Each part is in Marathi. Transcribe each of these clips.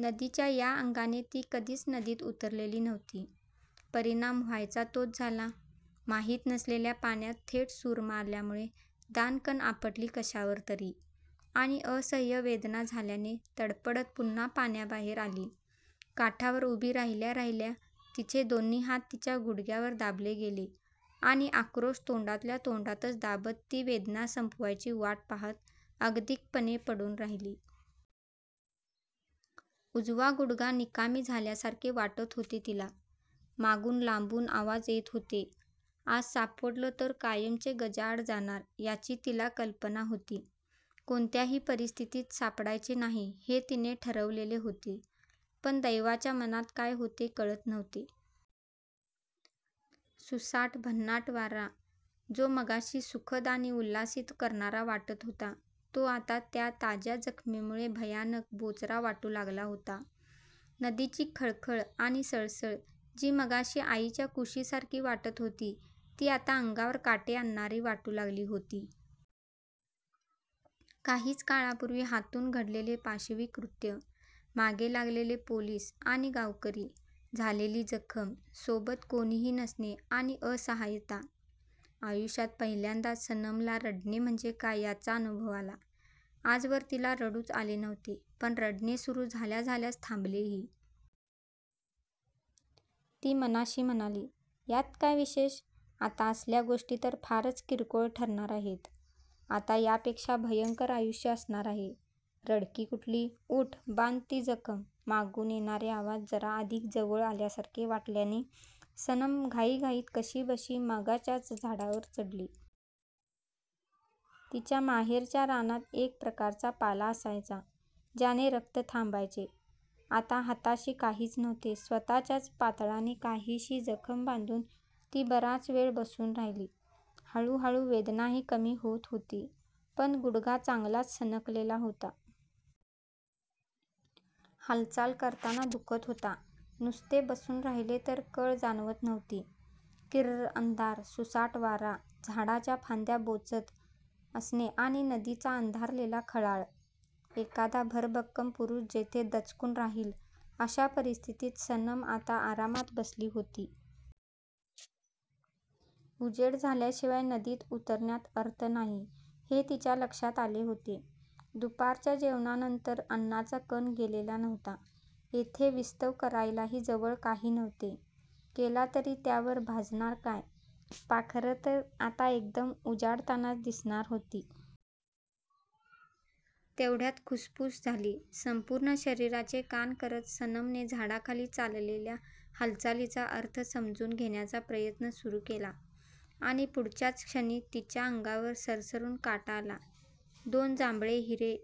नदीच्या या अंगाने ती कधीच नदीत उतरलेली नव्हती. परिणाम व्हायचा तोच झाला. माहीत नसलेल्या पाण्यात थेट सूर मारल्यामुळे दाणकन आपटली कशावर तरी आणि असह्य वेदना झाल्याने तडफडत पुन्हा पाण्याबाहेर आली. काठावर उभी राहिल्याराहिल्या तिचे दोन्ही हात तिच्या गुडघ्यावर दाबले गेले आणि आक्रोश तोंडातल्या तोंडातच दाबत ती वेदना संपायची वाट पाहात अगतिकपणे पडून राहिली. उजवा गुडघा निकामी झाल्यासारखे वाटत होते तिला. मागून लांबून आवाज येत होते. आज सापडलो तर कायमचे गजाआड जाणार याची तिला कल्पना होती. कोणत्याही परिस्थितीत सापडायचे नाही हे तिने ठरवलेले होते. पण दैवाच्या मनात काय होते कळत नव्हते. सुसाट, भन्नाट वारा, जो मगाशी सुखद आणि उल्हासित करणारा वाटत होता तो आता त्या ताज्या जखमेमुळे भयानक बोचरा वाटू लागला होता. नदीची खळखळ आणि सळसळ जी मगाशी आईच्या कुशीसारखी वाटत होती ती आता अंगावर काटे आणणारी वाटू लागली होती. काहीच काळापूर्वी हातून घडलेले पाशवी कृत्य, मागे लागलेले पोलिस आणि गावकरी, झालेली जखम, सोबत कोणीही नसणे आणि असहाय्यता! आयुष्यात पहिल्यांदाच सनमला 'रडणे' म्हणजे काय याचा अनुभव आला. आजवर तिला रडूच आले नव्हते. पण रडणे सुरू झाल्याझाल्याच थांबलेही. ती मनाशी म्हणाली. यात काय विशेष? आता असल्या गोष्टी तर फारच किरकोळ ठरणार आहेत. आता यापेक्षा भयंकर आयुष्य असणार आहे. रडकी कुठली! ऊठ! बांध ती जखम! मागून येणारे आवाज जरा अधिक जवळ आल्यासारखे वाटल्याने सनम घाईघाईत कशीबशी मगाचच्याच झाडावर चढली. तिच्या माहेरच्या रानात एक प्रकारचा पाला असायचा, ज्याने रक्त थांबायचे. आत्ता हाताशी काहीच नव्हते. स्वतःच्याच पातळाने काहीशी जखम बांधून ती बराच वेळ बसून राहिली. हळूहळू वेदनाही कमी होत होती. पण गुडघा चांगलाच सणकलेला होता. हालचाल करताना दुखत होता. नुसते बसून राहिले तर कळ जाणवत नव्हती. किर्र अंधार, सुसाट वारा, झाडाच्या फांद्या बोचत असणे आणि नदीचा अंधारलेला खळाळ! एखादा भरभक्कम पुरुष जेथे दचकून राहील अशा परिस्थितीत सनम आता आरामात बसली होती. उजेड झाल्याशिवाय नदीत उतरण्यात अर्थ नाही हे तिच्या लक्षात आले होते. दुपारच्या जेवणांनंतर अन्नाचा कण गेलेला नव्हता. येथे विस्तव करायलाही जवळ काही नव्हते. केला तरी त्यावर भाजणार काय? पाखरं तर आता एकदम उजाडतानाच दिसणार होती. तेवढ्यात खुसपूस झाली. संपूर्ण शरीराचे कान करत सनमने झाडाखाली चाललेल्या हालचालीचा अर्थ समजून घेण्याचा प्रयत्न सुरू केला. आणि पुढच्याच क्षणी तिच्या अंगावर सरसरून काटा आला. दोन जांभळे हिरे!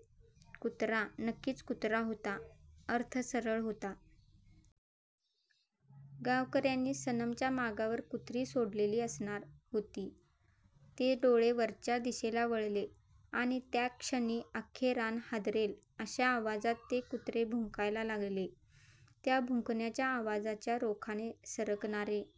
कुत्रा. नक्कीच कुत्रा होता. अर्थ सरळ होता. गावकर्यांनी सनमच्या मागावर कुत्री सोडलेली असणार होती. ते डोळे वरच्या दिशेला वळले आणि त्याच क्षणी अख्खे रान हादरेल अशा आवाजात ते कुत्रे भुंकायला लागले. त्या भुंकण्याच्या आवाजाच्या रोखाने सरकणारे